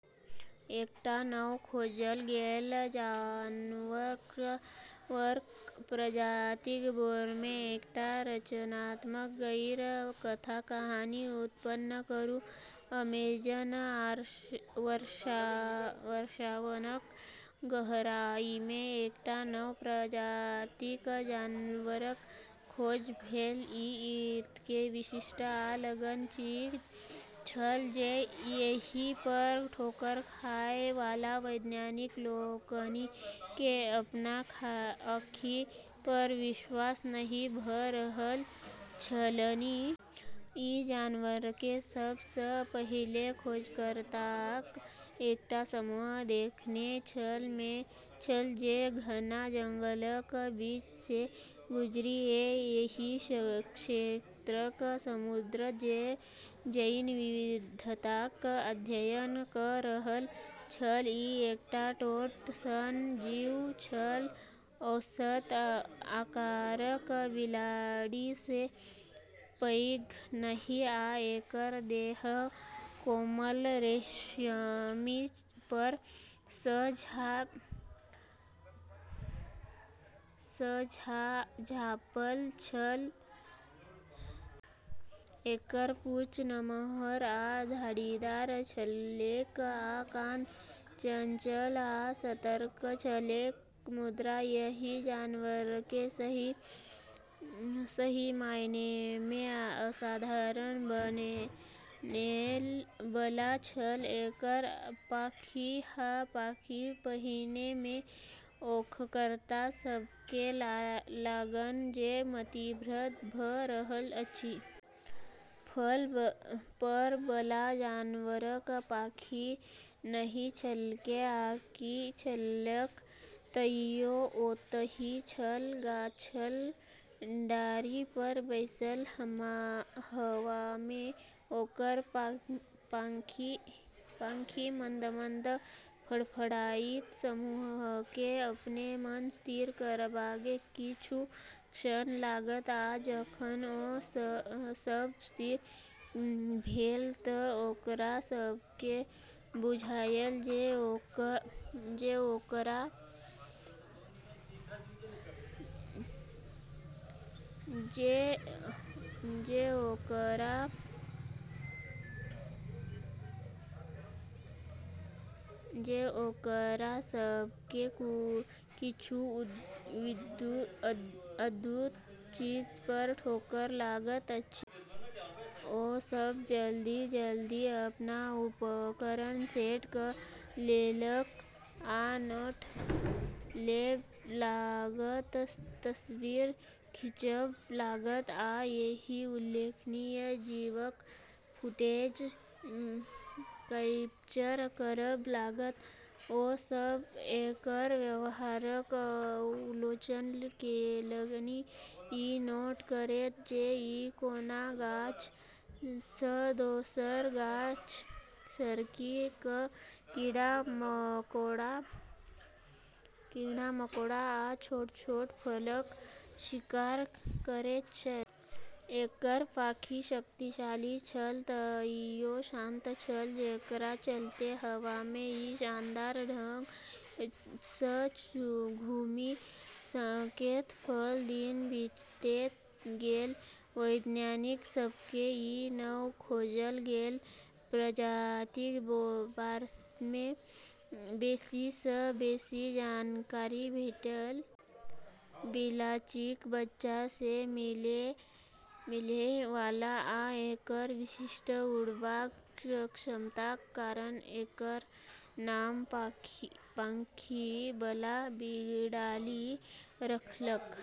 एकटा नव खोजल गेल जानवरक प्रजातिक बारेमे एकटा रचनात्मक गैर-कथा कहानी उत्पन्न करू। अमेजन वर्षावनक गहराईमे एकटा नव प्रजातिक जानवरक खोज भेल। ई एतेक विशिष्ट आ अलग चीज छल, जे एहि पर ठोकर खाय वाला वैज्ञानिक लोकनि केँ अपन आँखि पर विश्वास नहि भ’ रहल छलनि। ई जानवरकेँ सभ सँ पहिले खोजकर्ताक एकटा समूह देखने छल जे घना जंगलक बीच सँ गुजरि क’ एहि क्षेत्रक समृद्ध जैव विविधताक अध्ययन क’ रहल छल। ई एकटा छोट सन जीव छल, औसत आकारक बिलाड़ि सँ पैघ नहि, आ एकर देह कोमल, रेशमी फर सँ झाँपल छल। एकर पूँछ नमहर आ झाड़ीदार छलैक आ कान चंचल आ सतर्क छलैक। मुदा एहि जानवरकेँ सही मायनेमे असाधारण बनबै बला छल एकर पाँखि। हँ, पाँखि! पहिने तँ खोजकर्ता सभकेँ लागल जे मतिभ्रम भ’ रहल अछि। फर बला जानवरक पाँखि नहि छलैक, आकि छलैक? तइयो ओतहि छल, गाछक डारि पर बैसल, हवामे ओकर पाँखि मंद-मंद फड़फड़ाइत। समूहकेँ अपन मन स्थिर करबामे किछु क्षण लागल, आ जखन ओ सभ स्थिर भेल तँ ओकरा सभकेँ बुझायल जे ओकरा सभकेँ किछु अद्भुत चीज पर ठोकर लागल अछि। ओ सभ जल्दी-जल्दी अपन उपकरण सेट क’ लेलक, आ नोट लेब’ लागल, तस्वीर खींचब’ लागल, आ एहि उल्लेखनीय जीवक फुटेज कैप्चर करब’ लागल। ओ सभ एकर व्यवहारक अवलोकन केलनि, ई नोट करैत जे ई कोना गाछ सँ दोसर गाछ सरकि क’ कीड़ा-मकोड़ा आ छोट-छोट फलक शिकार करैत छल। एकर पाँखि शक्तिशाली छल, तइयो शांत छल, जेकरा चलते हवामे ई शानदार ढंग सँ घूमि सकैत छल। दिन बीतैत गेल, वैज्ञानिक सभकेँ ई नव खोजल गेल प्रजातिक बारेमे बेसी सँ बेसी जानकारी भेटल। बिलाड़िक बच्चा सँ मिलै वाला आ एकर विशिष्ट उड़बाक क्षमताक कारण एकर नाम "पाँखि बला बिलाड़ि" रखलक।